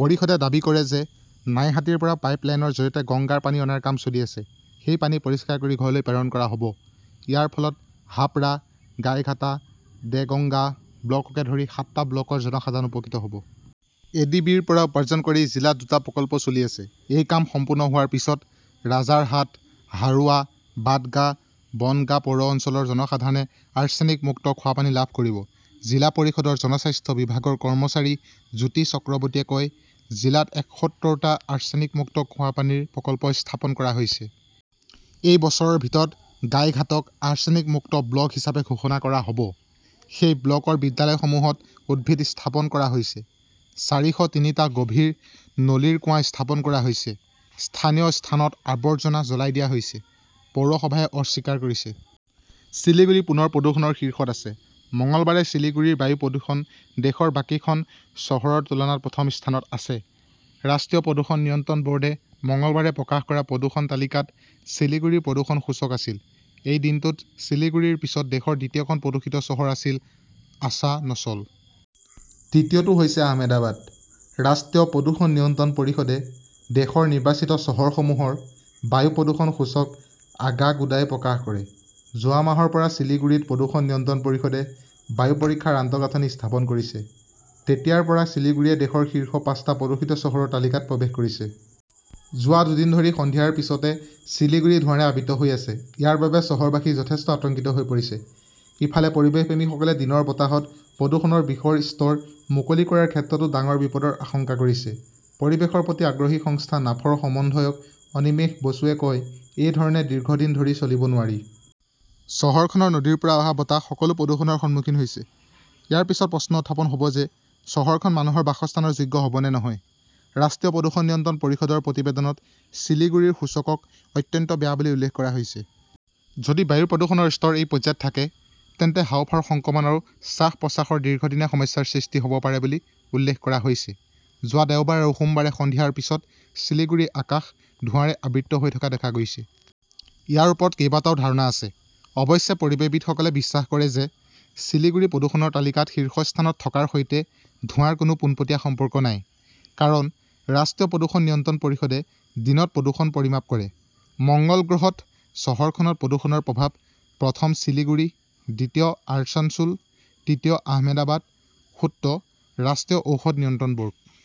পৰিষদে দাবী কৰে যে, নাইহাটীৰ পৰা পাইপ লাইনৰ জৰিয়তে গংগাৰ পানী অনাৰ কাম চলি আছে। সেই পানী পৰিষ্কাৰ কৰি ঘৰলৈ প্ৰেৰণ কৰা হব। ইয়াৰ ফলত হাবৰা, গাইঘাটা, দেগঙ্গা ব্লককে ধৰি সাতটা ব্লকৰ জনসাধাৰণ উপকৃত হব। এ ডি বিৰ পৰা উপাৰ্জন কৰি জিলাত দুটা প্ৰকল্প চলি আছে। এই কাম সম্পূৰ্ণ হোৱাৰ পিছত ৰাজাৰহাট, হাৰোৱা, বাগদা, বনগাঁ পৌৰ অঞ্চলৰ জনসাধাৰণে আৰ্ছেনিক-মুক্ত খোৱাপানী লাভ কৰিব। জিলা পৰিষদৰ জনস্বাস্থ্য বিভাগৰ কৰ্মচাৰী জ্যোতি চক্ৰৱৰ্তীয়ে কয়, "জিলাত একসত্তৰটা আৰ্ছেনিক-মুক্ত খোৱাপানীৰ প্ৰকল্প স্থাপন কৰা হৈছে। এই বছৰৰ ভিতৰত গাইঘাটক "আৰ্ছেনিক মুক্ত ব্লক" হিচাপে ঘোষণা কৰা হব। সেই ব্লকৰ বিদ্যালয়সমূহত উদ্ভিদ স্থাপন কৰা হৈছে। চাৰিশ তিনিটা গভীৰ নলীৰ কুঁৱা স্থাপন কৰা হৈছে"। স্থানীয় স্থানত আৱৰ্জনা জ্বলাই দিয়া হৈছে, পৌৰসভাই অস্বীকাৰ কৰিছে । শিলিগুৰি পুনৰ প্ৰদূষণৰ শীৰ্ষত আছে। মঙলবাৰে শিলিগুৰিৰ বায়ু প্ৰদূষণ দেশৰ বাকীখন চহৰৰ তুলনাত প্ৰথম স্থানত আছে। ৰাষ্ট্ৰীয় প্ৰদূষণ নিয়ন্ত্ৰণ বৰ্ডে মঙলবাৰে প্ৰকাশ কৰা প্ৰদূষণ তালিকাত শিলিগুৰিৰ প্ৰদূষণ সূচক আছিল। এই দিনটোত শিলিগুৰিৰ পিছত দেশৰ দ্বিতীয়খন প্ৰদূষিত চহৰ আছিল আছানচল। তৃতীয়টো হৈছে আহমেদাবাদ। ৰাষ্ট্ৰীয় প্ৰদূষণ নিয়ন্ত্ৰণ পৰিষদে দেশৰ নিৰ্বাচিত চহৰসমূহৰ বায়ু প্ৰদূষণ সূচক আগাগোদাই প্ৰকাশ কৰে। যোৱা মাহৰ পৰা শিলিগুৰিত প্ৰদূষণ নিয়ন্ত্ৰণ পৰিষদে বায়ু পৰীক্ষাৰ আন্তঃগাঁথনি স্থাপন কৰিছে। তেতিয়াৰ পৰা শিলিগুৰিয়ে দেশৰ শীৰ্ষ পাঁচটা প্ৰদূষিত চহৰৰ তালিকাত প্ৰৱেশ কৰিছে। যোৱা দুদিন ধৰি সন্ধিয়াৰ পিছতে শিলিগুৰি ধোঁৱাৰে আবৃত হৈ আছে। ইয়াৰ বাবে চহৰবাসী যথেষ্ট আতংকিত হৈ পৰিছে। ইফালে পৰিৱেশপ্ৰেমীসকলে দিনৰ বতাহত প্ৰদূষণৰ বিষৰ স্তৰ মুকলি কৰাৰ ক্ষেত্ৰতো ডাঙৰ বিপদৰ আশংকা কৰিছে। পৰিৱেশৰ প্ৰতি আগ্ৰহী সংস্থা নাফৰ সমন্বয়ক অনিমেশ বসুৱে কয়, "এই ধৰণে দীৰ্ঘদিন ধৰি চলিব নোৱাৰি। চহৰখনৰ নদীৰ পৰা অহা বতাহ সকলো প্ৰদূষণৰ সন্মুখীন হৈছে। ইয়াৰ পিছত প্ৰশ্ন উত্থাপন হব যে, চহৰখন মানুহৰ বাসস্থানৰ যোগ্য হব নে নহয়"। ৰাষ্ট্ৰীয় প্ৰদূষণ নিয়ন্ত্ৰণ পৰিষদৰ প্ৰতিবেদনত শিলিগুৰিৰ সূচকক "অত্যন্ত বেয়া" বুলি উল্লেখ কৰা হৈছে। যদি বায়ুৰ প্ৰদূষণৰ স্তৰ এই পৰ্যায়ত থাকে, তেন্তে হাঁওফাঁওৰ সংক্ৰমণ আৰু শ্বাস-প্ৰশ্বাসৰ দীৰ্ঘদিনীয়া সমস্যাৰ সৃষ্টি হব পাৰে বুলি উল্লেখ কৰা হৈছে। যোৱা দেওবাৰ আৰু সোমবাৰে সন্ধিয়াৰ পিছত শিলিগুৰিৰ আকাশ ধোঁৱাৰে আবৃত হৈ থকা দেখা গৈছে। ইয়াৰ ওপৰত কেইবাটাও ধাৰণা আছে। অৱশ্যে পৰিৱেশবিদসকলে বিশ্বাস কৰে যে, শিলিগুৰি প্ৰদূষণৰ তালিকাত শীৰ্ষস্থানত থকাৰ সৈতে ধোঁৱাৰ কোনো পোনপটীয়া সম্পৰ্ক নাই। কাৰণ ৰাষ্ট্ৰীয় প্ৰদূষণ নিয়ন্ত্ৰণ পৰিষদে দিনত প্ৰদূষণ পৰিমাপ কৰে। মঙ্গল গ্ৰহত চহৰখনত প্ৰদূষণৰ প্ৰভাৱ; প্ৰথম শিলিগুৰি; দ্বিতীয় আছানছোল; তৃতীয় আহমেদাবাদ, সূত্ৰ ৰাষ্ট্ৰীয় ঔষধ নিয়ন্ত্ৰণ বৰ্ড ।